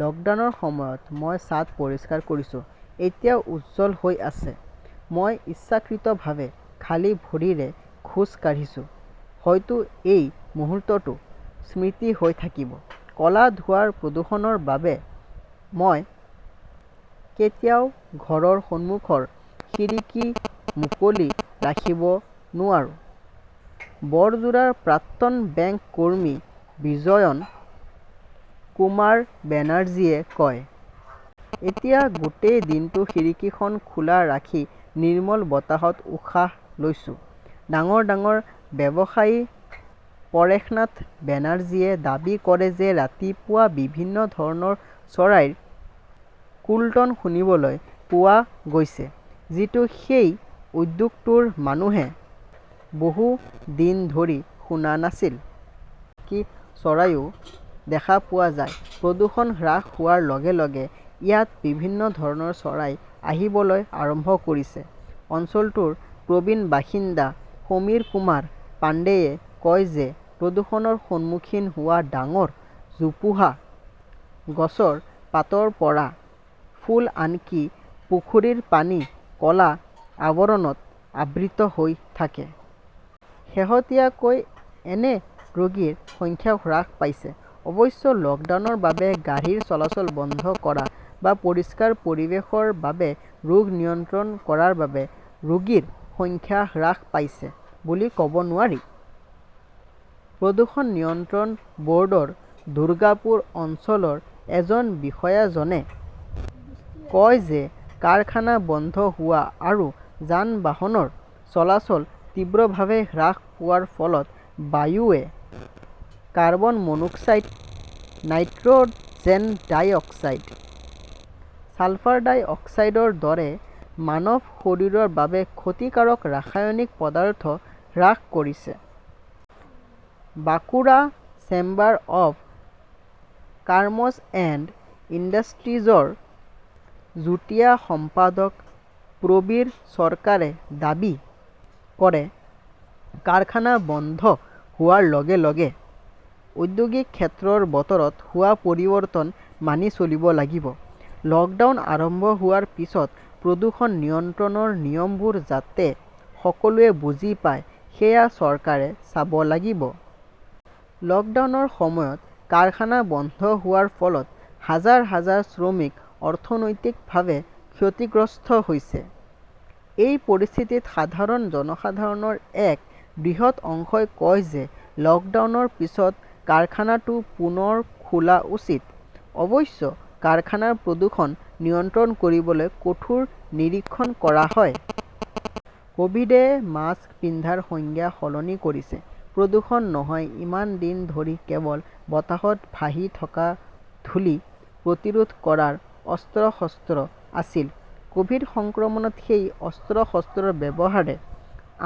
লকডাউনৰ সময়ত মই ছাদ পৰিষ্কাৰ কৰিছো, এতিয়াও উজ্জ্বল হৈ আছে। মই ইচ্ছাকৃতভাৱে খালী ভৰিৰে খোজ কাঢ়িছো, হয়তো এই মুহূৰ্তটো স্মৃতি হৈ থাকিব। কলা ধোঁৱাৰ প্ৰদূষণৰ বাবে মই কেতিয়াও ঘৰৰ সন্মুখৰ খিৰিকী মুকলি ৰাখিব নোৱাৰো, বৰজোৰাৰ প্ৰাক্তন বেংক কৰ্মী বিজয়ন কুমাৰ বেনাৰ্জীয়ে কয়। এতিয়া গোটেই দিনটো খিৰিকীখন খোলা ৰাখি নিৰ্মল বতাহত উশাহ লৈছো। ডাঙৰ-ডাঙৰ ব্যৱসায়ী পৰেশনাথ বেনাৰ্জীয়ে দাবী কৰে যে ৰাতিপুৱা বিভিন্ন ধৰণৰ চৰাইৰ কোল্টন শুনিবলৈ পোৱা গৈছে, যিটো সেই উদ্যোগটোৰ মানুহে বহু দিন ধৰি শুনা নাছিল। বহুতো অচিনাকি চৰাইও দেখা পোৱা যায়। প্ৰদূষণ হ্ৰাস হোৱাৰ লগে-লগে ইয়াত বিভিন্ন ধৰণৰ চৰাই আহিবলৈ আৰম্ভ কৰিছে। অঞ্চলটোৰ প্ৰবীণ বাসিন্দা সমীৰকুমাৰ পাণ্ডেয়ে কয় যে প্ৰদূষণৰ সন্মুখীন হোৱা ডাঙৰ জোপোহা গছৰ পাতৰ পৰা ফুল-আনকি পুখুৰীৰ পানী ক'লা আৱৰণত আবৃত হৈ থাকে। শেহতীয়াকৈ এনে ৰোগীৰ সংখ্যাও হ্ৰাস পাইছে। অৱশ্যে, লকডাউনৰ বাবে গাড়ীৰ চলাচল বন্ধ কৰা, বা পৰিষ্কাৰ পৰিৱেশৰ বাবে ৰোগ নিয়ন্ত্ৰণ কৰাৰ বাবে ৰোগীৰ সংখ্যা হ্ৰাস পাইছে বুলি কব নোৱাৰি। প্ৰদূষণ নিয়ন্ত্ৰণ বৰ্ডৰ দুৰ্গাপুৰ অঞ্চলৰ এজন বিষয়াজনে কয় যে কাৰখানা বন্ধ হোৱা আৰু যান-বাহনৰ চলাচল তীব্ৰভাৱে হ্ৰাস পোৱাৰ ফলত বায়ুৱে carbon monoxide, nitrogen dioxide, sulphur ডাই অক্সাইডৰ দৰে মানৱ শৰীৰৰ বাবে ক্ষতিকাৰক ৰাসায়নিক পদাৰ্থ হ্ৰাস কৰিছে। Bankura chamber of commerce and ইণ্ডাষ্ট্ৰীজৰ যুটীয়া সম্পাদক প্ৰবীৰ চৰকাৰে দাবী কৰে, কাৰখানা বন্ধ হোৱাৰ লগে-লগে ঔদ্যোগিক ক্ষেত্ৰৰ বতৰত হোৱা পৰিৱৰ্তন মানি চলিব লাগিব। লকডাউন আৰম্ভ হোৱাৰ পিছত প্ৰদূষণ নিয়ন্ত্ৰণৰ নিয়মবোৰ যাতে সকলোৱে বুজি পায় সেয়া চৰকাৰে চাব লাগিব। লকডাউনৰ সময়ত কাৰখানা বন্ধ হোৱাৰ ফলত হাজাৰ-হাজাৰ শ্ৰমিক অৰ্থনৈতিকভাৱে ক্ষতিগ্ৰস্ত হৈছে। এই পৰিস্থিতিত সাধাৰণ জনসাধাৰণৰ এক বৃহৎ অংশই কয় যে 'লকডাউনৰ পিছত কাৰখানাটো পুনৰ খোলা উচিত। অৱশ্যে, কাৰখানাৰ প্ৰদূষণ নিয়ন্ত্ৰণ কৰিবলৈ কঠোৰ নিৰীক্ষণ কৰা হয়। কভিড এ মাস্ক পিন্ধাৰ সংজ্ঞা সলনি কৰিছে, প্ৰদূষণ নহয় ইমান দিন ধৰি কেৱল বতাহত ভাহি থকা ধূলি প্ৰতিৰোধ কৰাৰ 'অস্ত্ৰ-শস্ত্ৰ' আছিল, কভিড সংক্ৰমণত সেই 'অস্ত্ৰ-শস্ত্ৰৰ' ব্যৱহাৰে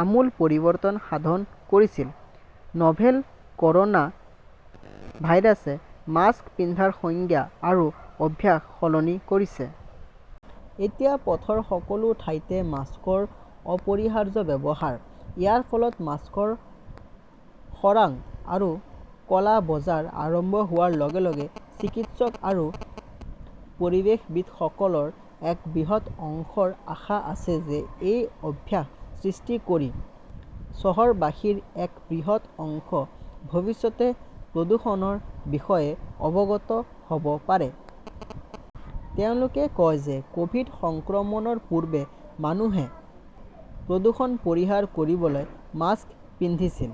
আমূল পৰিৱৰ্তন সাধন কৰিছিল। নভেল কৰ 'না ভাইৰাছে মাস্ক পিন্ধাৰ সংজ্ঞা আৰু অভ্যাস সলনি কৰিছে। এতিয়া পথৰ সকলো ঠাইতে মাস্কৰ অপৰিহাৰ্য ব্যৱহাৰ। ইয়াৰ ফলত মাস্কৰ খৰাং আৰু ক 'লা বজাৰ আৰম্ভ হোৱাৰ লগে-লগে চিকিৎসক আৰু পৰিৱেশবিদসকলৰ এক বৃহৎ অংশৰ আশা আছে যে এই অভ্যাস সৃষ্টি কৰি চহৰবাসীৰ এক বৃহৎ অংশ ভৱিষ্যতে প্ৰদূষণৰ বিষয়ে অৱগত হ' ব পাৰে। তেওঁলোকে কয় যে কভিড সংক্ৰমণৰ পূৰ্বে মানুহে প্ৰদূষণ পৰিহাৰ কৰিবলৈ মাস্ক পিন্ধিছিল।